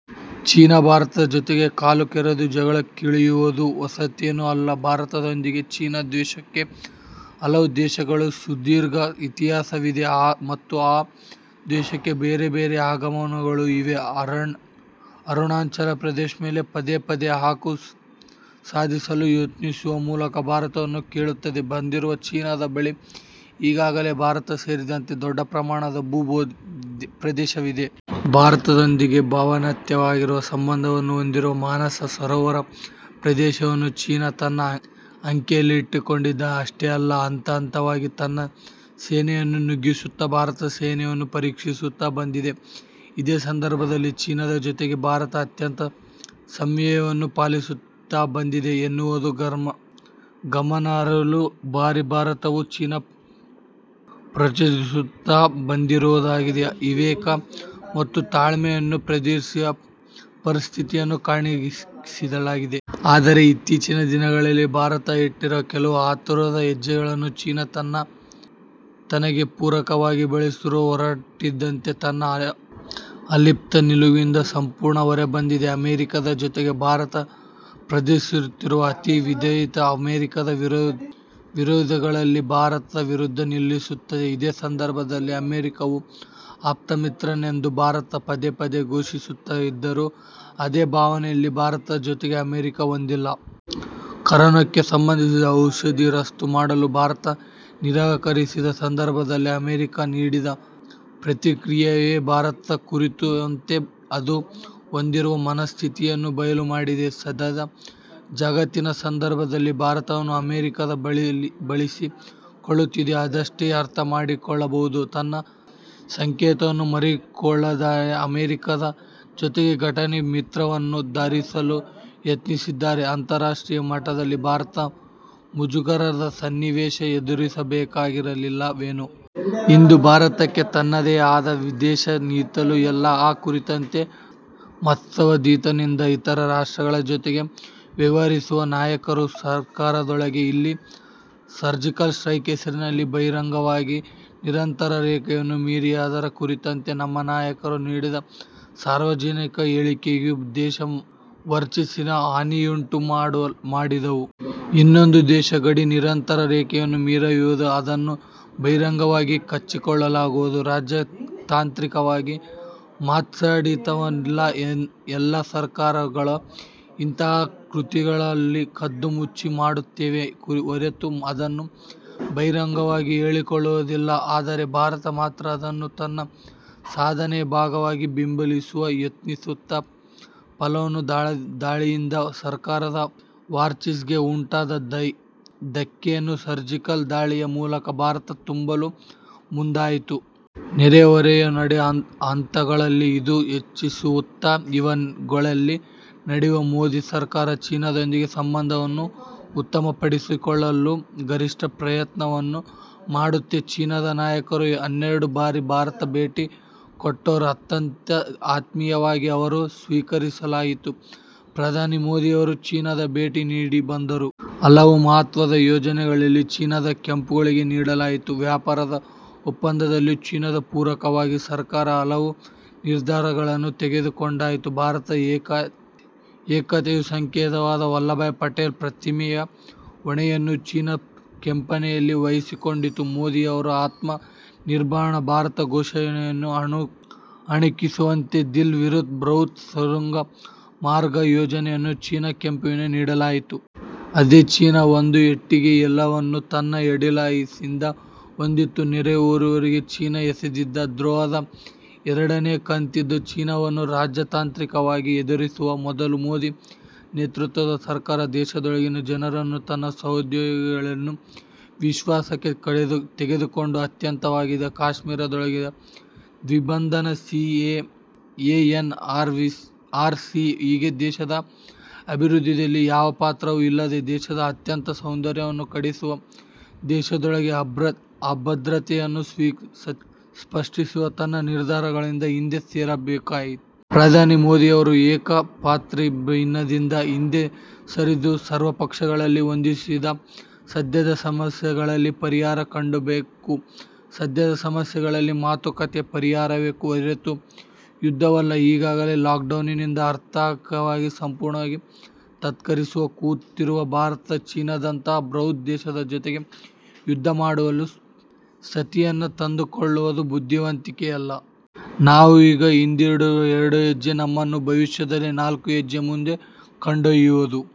China ಭಾರತದ ಜೊತೆಗೆ ಕಾಲು ಕೆರೆದು ಜಗಳಕ್ಕಿಳಿಯುವುದು ಹೊಸತೇನೂ ಅಲ್ಲ. ಭಾರತದೊಂದಿಗಿನ ಚೀನಾ ದ್ವೇಷಕ್ಕೆ ಹಲವು ದಶಕಗಳ ಸುದೀರ್ಘ ಇತಿಹಾಸವಿದೆ ಮತ್ತು ಆ ದ್ವೇಷಕ್ಕೆ ಬೇರೆ ಬೇರೆ ಆಯಾಮಗಳೂ ಇವೆ. ಅರುಣಾಚಲ ಪ್ರದೇಶದ ಮೇಲೆ ಪದೇ ಪದೇ ಹಕ್ಕು ಸಾಧಿಸಲು ಯತ್ನಿಸುವ ಮೂಲಕ ಭಾರತವನ್ನು ಕೆಣಕುತ್ತಾ ಬಂದಿರುವ ಚೀನಾದ ಬಳಿ, ಈಗಾಗಲೇ ಭಾರತಕ್ಕೆ ಸೇರಿದ ದೊಡ್ಡ ಪ್ರಮಾಣದ ಭೂ ಪ್ರದೇಶವಿದೆ. ಭಾರತದೊಂದಿಗೆ ಭಾವನಾತ್ಮಕವಾಗಿ ಸಂಬಂಧವನ್ನು ಹೊಂದಿರುವ ಮಾನಸ ಸರೋವರ ಪ್ರದೇಶವನ್ನೂ ಚೀನಾ ತನ್ನ ಅಂಕೆಯಲ್ಲಿಟ್ಟುಕೊಂಡಿದೆ. ಅಷ್ಟೇ ಅಲ್ಲ, ಹಂತ ಹಂತವಾಗಿ ತನ್ನ ಸೇನೆಯನ್ನು ನುಗ್ಗಿಸುತ್ತಾ ಭಾರತದ ಸಹನೆಯನ್ನು ಪರೀಕ್ಷಿಸುತ್ತಾ ಬಂದಿದೆ. ಇದೇ ಸಂದರ್ಭದಲ್ಲಿ, ಚೀನಾದ ಜೊತೆಗೆ ಭಾರತ ಅತ್ಯಂತ ಸಂಯಮವನ್ನು ಪಾಲಿಸುತ್ತಾ ಬಂದಿದೆ ಎನ್ನುವುದು ಗಮನಾರ್ಹ. ಹಲವು ಬಾರಿ ಭಾರತವನ್ನು ಚೀನಾ ಪ್ರಚೋದಿಸುತ್ತಾ ಬಂದಿದೆಯಾದರೂ, ವಿವೇಕ ಮತ್ತು ತಾಳ್ಮೆಯನ್ನು ಪ್ರದರ್ಶಿಸಿ ಪರಿಸ್ಥಿತಿಯನ್ನು ತಣ್ಣಗಾಗಿಸಿದೆ. ಆದರೆ ಇತ್ತೀಚಿನ ದಿನಗಳಲ್ಲಿ ಭಾರತ ಇಟ್ಟಿರುವ ಕೆಲವು ಆತುರದ ಹೆಜ್ಜೆಗಳನ್ನು ಚೀನಾ ತನಗೆ ಪೂರಕವಾಗಿ ಬಳಸಲು ಹೊರಟಂತಿದೆ. ತನ್ನ ಅಲಿಪ್ತ ನಿಲುವಿನಿಂದ ಸಂಪೂರ್ಣ ಹೊರ ಬಂದು ಅಮೆರಿಕದ ಜೊತೆಗೆ ಭಾರತ ಪ್ರದರ್ಶಿಸುತ್ತಿರುವ ಅತಿ ವಿಧೇಯತನ, ಅಮೆರಿಕದ ವಿರೋಧಿಗಳನ್ನೆಲ್ಲ ಭಾರತದ ವಿರುದ್ಧ ನಿಲ್ಲಿಸುತ್ತಿದೆ. ಇದೇ ಸಂದರ್ಭದಲ್ಲಿ ಅಮೆರಿಕವನ್ನು 'ಆಪ್ತಮಿತ್ರ'ನೆಂದು ಭಾರತ ಪದೇ ಪದೇ ಘೋಷಿಸುತ್ತಿದ್ದರೂ, ಅದೇ ಭಾವನೆಯನ್ನು ಭಾರತದ ಜೊತೆಗೆ ಅಮೆರಿಕ ಹೊಂದಿಲ್ಲ. ಕೊರೋನಕ್ಕೆ ಸಂಬಂಧಿಸಿ ಔಷಧಿ ರಫ್ತು ಮಾಡಲು ಭಾರತ ನಿರಾಕರಿಸಿದ ಸಂದರ್ಭದಲ್ಲಿ ಅಮೆರಿಕ ನೀಡಿದ ಪ್ರತಿಕ್ರಿಯೆಯೇ, ಭಾರತದ ಕುರಿತಂತೆ ಅದು ಹೊಂದಿರುವ ಮನಸ್ಥಿತಿಯನ್ನು ಬಯಲು ಮಾಡಿದೆ. ಸದ್ಯದ ಜಾಗತಿಕ ಸಂದರ್ಭದಲ್ಲಿ ಭಾರತವನ್ನು ಅಮೆರಿಕ 'ಬಳಸಿ ಕೊಳ್ಳುತ್ತಿದೆ' ಎಂದಷ್ಟೇ ಅರ್ಥ ಮಾಡಿಕೊಳ್ಳಬಹುದು. ತನ್ನ ಸ್ವಂತಿಕೆಯನ್ನು ಮಾರಿಕೊಳ್ಳದೆಯೇ ಅಮೆರಿಕದ ಜೊತೆಗೆ ಘನತೆಯ ಮಿತ್ರತ್ವವನ್ನು ಸಾಧಿಸಲು ಯತ್ನಿಸಿದ್ದಿದ್ದರೆ ಅಂತರ್ರಾಷ್ಟ್ರೀಯ ಮಟ್ಟದಲ್ಲಿ ಭಾರತ ಮುಜುಗರದ ಸನ್ನಿವೇಶ ಎದುರಿಸಬೇಕಾಗಿರಲಿಲ್ಲವೇನೋ. ಇಂದು ಭಾರತಕ್ಕೆ ತನ್ನದೇ ಆದ ವಿದೇಶಾಂಗ ನೀತಿಯೂ ಇಲ್ಲ, ಆ ಕುರಿತಂತೆ ಮುತ್ಸದ್ದಿತನದಿಂದ ಇತರ ರಾಷ್ಟ್ರಗಳ ಜೊತೆಗೆ ವ್ಯವಹರಿಸುವ ನಾಯಕರೂ ಸರಕಾರದೊಳಗೆ ಇಲ್ಲ. ಸರ್ಜಿಕಲ್ ಸ್ಟ್ರೈಕ್ ಹೆಸರಿನಲ್ಲಿ ಬಹಿರಂಗವಾಗಿಯೇ ನಿಯಂತ್ರಣ ರೇಖೆಯನ್ನು ಮೀರಿ, ಅದರ ಕುರಿತಂತೆ ನಮ್ಮ ನಾಯಕರು ನೀಡಿದ ಸಾರ್ವಜನಿಕ ಹೇಳಿಕೆಗಳೂ ದೇಶದ ವರ್ಚಸ್ಸಿಗೆ ಹಾನಿಯನ್ನುಂಟು ಮಾಡಿದವು. ಇನ್ನೊಂದು ದೇಶದ ಗಡಿ ನಿಯಂತ್ರಣ ರೇಖೆಯನ್ನು ಮೀರುವುದು, ಅದನ್ನು ಬಹಿರಂಗವಾಗಿ ಕೊಚ್ಚಿಕೊಳ್ಳುವುದು ರಾಜತಾಂತ್ರಿಕವಾಗಿ ಮುತ್ಸದ್ದಿತನವಲ್ಲ. ಎಲ್ಲ ಸರಕಾರಗಳು ಇಂತಹ ಕೃತ್ಯಗಳನ್ನು ಕದ್ದು ಮುಚ್ಚಿ ಮಾಡುತ್ತವೆಯೇ ಹೊರತು, ಅದನ್ನು ಬಹಿರಂಗವಾಗಿ ಹೇಳಿಕೊಳ್ಳುವುದಿಲ್ಲ. ಆದರೆ ಭಾರತ ಮಾತ್ರ, ಅದನ್ನು ತನ್ನ ಸಾಧನೆಯ ಭಾಗವಾಗಿ ಬಿಂಬಿಸಲು ಯತ್ನಿಸಿತು. ಪುಲ್ವಾಮ ದಾಳಿಯಿಂದ ಸರಕಾರದ ವರ್ಚಸ್ಸಿಗೆ ಉಂಟಾದ ಧಕ್ಕೆಯನ್ನು ಸರ್ಜಿಕಲ್ ದಾಳಿಯ ಮೂಲಕ ಭಾರತ ತುಂಬಲು ಮುಂದಾಯಿತು. ನೆರೆ ಹೊರೆಯ ನಡುವೆ ಆತಂಕಗಳನ್ನು ಇದು ಹೆಚ್ಚಿಸಿತು. ಇವೆಲ್ಲವುಗಳ ನಡುವೆ ಮೋದಿ ಸರಕಾರ, ಚೀನಾದೊಂದಿಗೆ ಸಂಬಂಧವನ್ನು ಉತ್ತಮಪಡಿಸಿಕೊಳ್ಳಲು ಗರಿಷ್ಠ ಪ್ರಯತ್ನವನ್ನು ಮಾಡಿತ್ತು. ಚೀನಾದ ನಾಯಕರು ಎರಡೆರಡು ಬಾರಿ ಭಾರತಕ್ಕೆ ಭೇಟಿ ಕೊಟ್ಟರು. ಅತ್ಯಂತ ಆತ್ಮೀಯವಾಗಿ ಅವರನ್ನು ಸತ್ಕರಿಸಲಾಯಿತು. ಪ್ರಧಾನಿ ಮೋದಿಯವರೂ ಚೀನಾಕ್ಕೆ ಭೇಟಿ ನೀಡಿ ಬಂದರು. ಹಲವು ಮಹತ್ವದ ಯೋಜನೆಗಳನ್ನು ಚೀನಾದ ಕಂಪೆನಿಗಳಿಗೆ ನೀಡಲಾಯಿತು. ವ್ಯಾಪಾರ ಒಪ್ಪಂದದಲ್ಲೂ ಚೀನಾಕ್ಕೆ ಪೂರಕವಾಗಿ ಸರಕಾರ ಹಲವು ನಿರ್ಧಾರಗಳನ್ನು ತೆಗೆದುಕೊಂಡಿತು. ಭಾರತದ ಏಕತೆಯ ಸಂಕೇತವಾದ 'ವಲ್ಲಭಬಾಯ್ ಪಟೇಲ್' ಪ್ರತಿಮೆಯ ಹೊಣೆಯನ್ನು ಚೀನಾ ಕಂಪೆನಿಯೇ ವಹಿಸಿಕೊಂಡಿತ್ತು. ಮೋದಿಯವರ 'ಆತ್ಮ ನಿರ್ಭರ ಭಾರತ' ಘೋಷಣೆಯನ್ನು ಅಣಕಿಸುವಂತೆ ದಿಲ್ಲಿ-ಮೀರತ್ ಬೃಹತ್ ಸುರಂಗ ಮಾರ್ಗ ಯೋಜನೆಯನ್ನು ಚೀನಾ ಕಂಪೆನಿಗೆ ನೀಡಲಾಯಿತು. ಆದರೆ ಚೀನಾ ಒಂದೇ ಏಟಿಗೆ ಎಲ್ಲವನ್ನೂ ತನ್ನ ಎಡಗಾಲಿನಿಂದ ಒದ್ದಿತು. ನೆಹರೂವಿಗೆ ಚೀನಾ ಎಸಗಿದ ದ್ರೋಹದ ಎರಡನೆಯ ಕಂತಿದು. ಚೀನಾವನ್ನು ರಾಜತಾಂತ್ರಿಕವಾಗಿ ಎದುರಿಸುವ ಮೊದಲು ಮೋದಿ ನೇತೃತ್ವದ ಸರಕಾರ, ದೇಶದೊಳಗಿನ ಜನರನ್ನು, ತನ್ನ ಸಹೋದ್ಯೋಗಿಗಳನ್ನು ವಿಶ್ವಾಸಕ್ಕೆ ತೆಗೆದುಕೊಳ್ಳುವ ಅಗತ್ಯವಿದೆ. ಕಾಶ್ಮೀರದೊಳಗಿನ ದಿಗ್ಬಂಧನ, C A A, N R C ಹೀಗೆ ದೇಶದ ಅಭಿವೃದ್ಧಿಯಲ್ಲಿ ಯಾವ ಪಾತ್ರವೂ ಇಲ್ಲದ, ದೇಶದ ಆಂತರಿಕ ಸೌಹಾರ್ದವನ್ನು ಕೆಡಿಸುವ, ದೇಶದೊಳಗೆ ಅಭದ್ರತೆಗಳನ್ನು ಸೃಷ್ಟಿಸುವ ತನ್ನ ನಿರ್ಧಾರಗಳಿಂದ ಹಿಂದೆ ಸರಿಯಬೇಕು. ಪ್ರಧಾನಿ ಮೋದಿಯವರು ಏಕಪಾತ್ರಾಭಿನಯದಿಂದ ಹಿಂದೆ ಸರಿದು, ಸರ್ವಪಕ್ಷಗಳನ್ನು ಒಂದಾಗಿಸಿ ಸದ್ಯದ ಸಮಸ್ಯೆಗಳಿಗೆ ಪರಿಹಾರ ಕಂಡುಕೊಳ್ಳಬೇಕು. ಸದ್ಯದ ಸಮಸ್ಯೆಗೆ ಮಾತುಕತೆ ಪರಿಹಾರವೇ ಹೊರತು ಯುದ್ಧವಲ್ಲ. ಈಗಾಗಲೇ ಲಾಕ್ಡೌನ್ನಿಂದಾಗಿ ಆರ್ಥಿಕವಾಗಿ ಸಂಪೂರ್ಣ ತತ್ತರಿಸಿ ಕೂತಿರುವ ಭಾರತ, ಚೀನಾದಂತಹ ಬೃಹತ್ ದೇಶದ ಜೊತೆಗೆ ಯುದ್ಧ ಮಾಡುವ ಸ್ಥಿತಿಯನ್ನು ತಂದುಕೊಳ್ಳುವುದು ಬುದ್ಧಿವಂತಿಕೆಯಲ್ಲ. ನಾವು ಈಗ ಹಿಂದಿಡುವ ಎರಡು ಹೆಜ್ಜೆ, ನಮ್ಮನ್ನು ಭವಿಷ್ಯದಲ್ಲಿ ನಾಲ್ಕು ಹೆಜ್ಜೆ ಮುಂದೆ ಕೊಂಡೊಯ್ದೆವು.